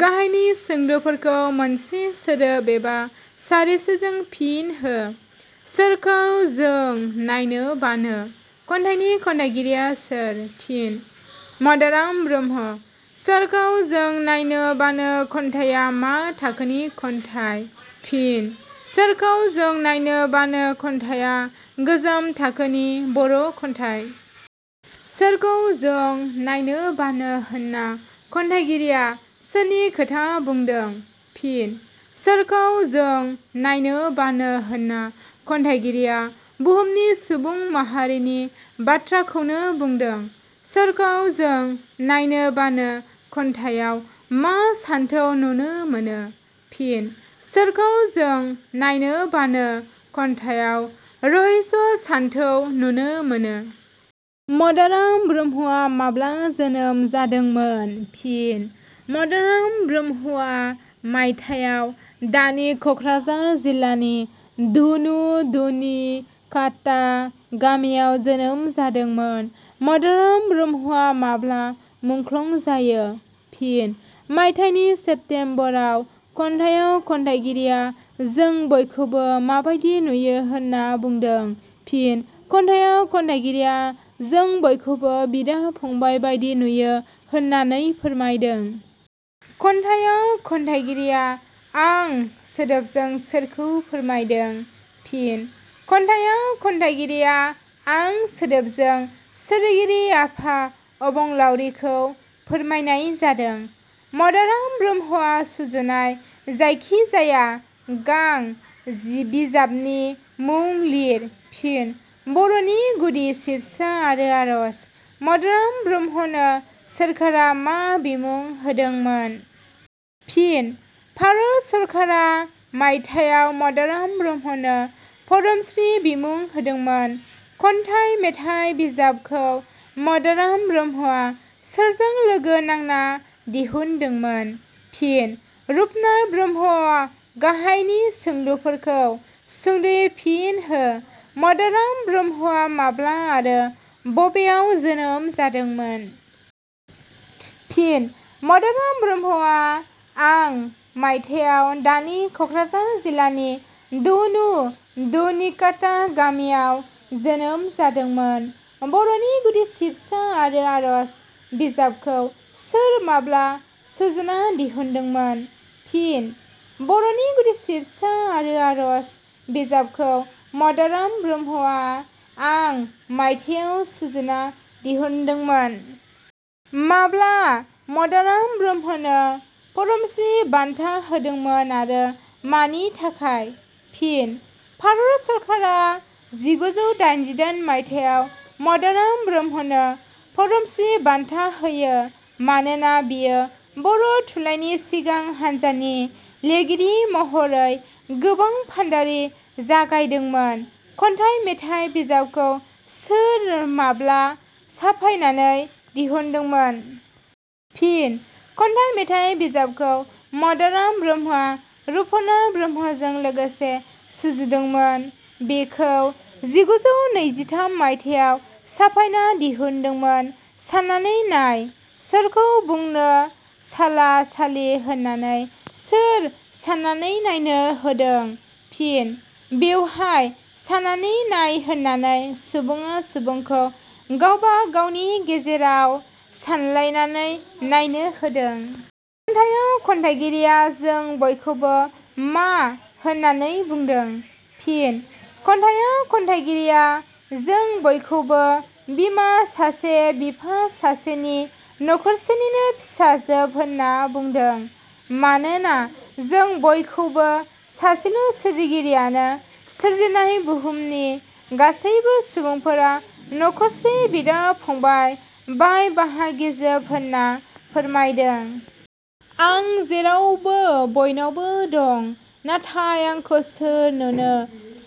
गाहायनि सोंलुफोरखौ मोनसे सोदोब एबा सारिसेजों फिन हो 'छरखौ जं नाइन बान' खन्थाइनि खन्थाइगिरिया सोर? फिनः मदाराम ब्रह्म। 'छरखौ जं नाइन बान' खन्थाइया मा थाखोनि खन्थाइ? फिनः 'छरखौ जं नाइन बान' खन्थाइया गोजाम थाखोनि बर' खन्थाइ। 'छरखौ जं नाइन बान' होनना खन्थाइगिरिया सोरनि खोथा बुंदों? फिन: 'छरखौ जं नाइन बान' होनना खन्थाइगिरिया बुहुमनि सुबुं माहारिनि बाथ्राखौनो बुंदों। 'छरखौ जं नाइन बान' खन्थाइयाव मा सानथौ नुनो मोनो? फिनः' छरखौ जं नाइन बान' खन्थाइयाव रहस्य सानथौ नुनो मोनो। मदाराम ब्रह्मआ माब्ला जोनोम जादोंमोन? फिनः मदाराम ब्रह्मआ मायथाइयाव दानि कक्राझार जिलानि धनुधुनिखया गामियाव जोनोम जादोंमोन। मदाराम ब्रह्मआ माब्ला मुख्लं जायो? फिनः मायथाइनि सेप्तेम्बराव। खन्थाइयाव खन्थाइगिरिया जों बयखौबो माबादि नुयो होनना बुंदों? फिनः खन्थाइयाव खन्थाइगिरिया जों बयखौबो बिदा- फंबाइ बादि नुयो होननानै फोरमायदों। खन्थाइयाव खन्थाइगिरिया 'आं' सोदोबजों सोरखौ फोरमायदों? फिनः खन्थाइयाव खन्थाइगिरिया 'आं' सोदोबजों सोरजिगिरि आफा अबंलावरिखौ फोरमायनाय जादों। मदाराम ब्रह्मआ सुजुनाय जायखि जाया गां बिजाबनि मुं लिर। फिनः बर 'नि गुदि सिबसा आरो आरज। मदाराम ब्रह्मनो सोरखारा मा बिमुं होदोंमोन? फिनः भारत सरकारा मायथाइयाव मदाराम ब्रह्मनो 'पद्मसि' बिमुं होदोंमोन। खन्थाइ मेथाइ बिजाबखौ मदाराम ब्रह्मआ सोरजों लोगो नांना दिहुनदोंमोन? फिनः रुपनाथ ब्रह्म गाहायनि सोंलुफोरखौ सुंदयै फिन हो मदाराम ब्रह्मआ माब्ला आरो बबेयाव जोनोम जादोंमोन? फिनः मदाराम ब्रह्मआ आं मायथाइयाव दानि कक्राझार जिलानि धनुधुनिखया गामियाव जोनोम जादोंमोन। "बर 'नि गुदि सिबसा आरो आरज" बिजाबखौ सोर माब्ला सुजुना दिहुनदोंमोन? फिनः 'बर 'नि गुदि सिबसा आरो आरज' बिजाबखौ मदाराम ब्रह्मआ आं मायथाइयाव सुजुना दिहुनदोंमोन। माब्ला मदाराम ब्रह्मनो पद्मस्रि बान्था होदोंमोन आरो मानि थाखाय? फिनः भारत सरकारा मायथाइयाव मदाराम ब्रह्मनो 'पद्मस्रि' बान्था होयो। मानोना बियो बर' थुनलाइनि सिगां हान्जानि लिरगिरि महरै गोबां भान्दारि जागायदोंमोन। 'खन्थाइ-मेथाइ' बिजाबखौ सोर सोर, माब्ला साफायनानै दिहुनदोंमोन? फिनः 'खन्थाइ-मेथाइ' बिजाबखौ मदाराम ब्रह्मआ रुपनाथ ब्रह्मजों लोगोसे सुजुदोंमोन। बेखौ मायथाइयाव साफायना दिहुनदोंमोन। 'साननानै नाय सरखौ बुंन साला सालि' होननानै सोरखौ साननानै नायनो होदों? फिनः बेवहाय 'साननानै नाय' होननानै सुबुङा सुबुंखौ गावबा-गावनि गेजेराव सानलायनानै नायनो होदों। खन्थाइयाव खन्थाइगिरिया जों बयखौबो मा होननानै बुंदों? फिनः खन्थाइयाव खन्थाइगिरिया जों बयखौबो बिमा सासे बिफा सासोनि नखरसेनिनो फिसाजोब होनना बुंदों। मानोना जों बयखौबो सासेल' सोरजिगिरियानो सोरजिनाय बुहुमनि गासैबो सुबुंफोरा नखरसे बिदा- फंबाइ, बाय-बाहागिजोब होनना फोरमायदों। "आं जेरावबहो बइनावब' दं, नाथाय आंखौ सर नुन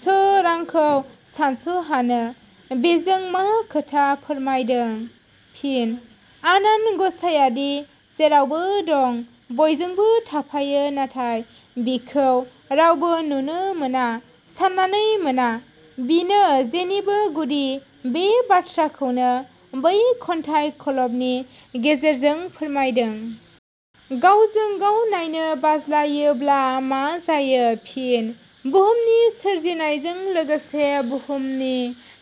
सर आंखौ सानस हान? " बेजों मा खोथा फोरमायदों। फिनः आनान गसाइयादि जेरावबो दङ', बयजोंबो थाफायो नाथाय बिखौ रावबो नुनो मोना, साननानै मोना। बिनो जेनिबो गुदि, बे बाथ्राखौनो बै खन्थाइ खलबनि गेजेरजों फोरमायदों। गावजों गाव नायनो बाज्लायोब्ला मा जायो? फिनः बुहुम सोरजिनायजों लोगोसे बुहुमनि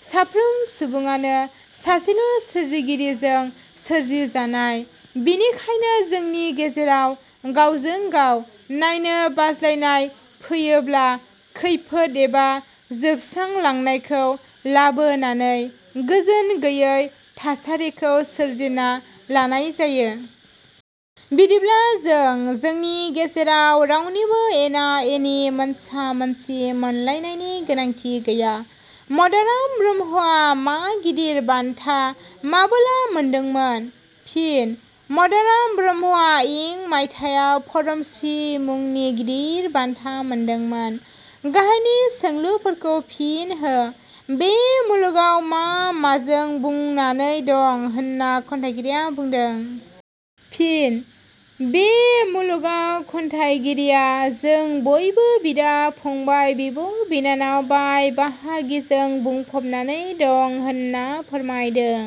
साफ्रोम सुबुङानो सासेल' सोरजिगिरिजों सोरजिजानाय। बेनिखायनो जोंनि गेजेराव गावजों गाव नायनो बाज्लायनाय फैयोब्ला खैफोद एबा जोबस्रांलांनायखौ लाबोनानै गोजोन गैयै थासारिखौ सोरजिना लानाय जायो। बिब्दिब्ला जों जोंनि गेजेराव रावनिबो एना- एनि मोनसा-मोनसि सानलायनायनि गोनांथि गैया। मदाराम ब्रह्मआ मा गिदिर बान्था माबोला मोनदोंमोन? फिनः मदाराम ब्रह्मआ इं माइथायाव पद्मस्रि मुनि गिदिर बान्धा मोन्दोंमोन। गाहायनि सोंलुफोरखौ फिन हो बे मुलुगाव मा माजों बुंनानै दं होनना खन्थाइगिरिया बुंदों? फिनः बे मुलुगाव खन्थाइगिरिया जों बयबो बिदा- फंबाइ, बिब'-बिनानाव, बाय-बाहागिजों बुंफबनानै दं होनना फोरमायदों।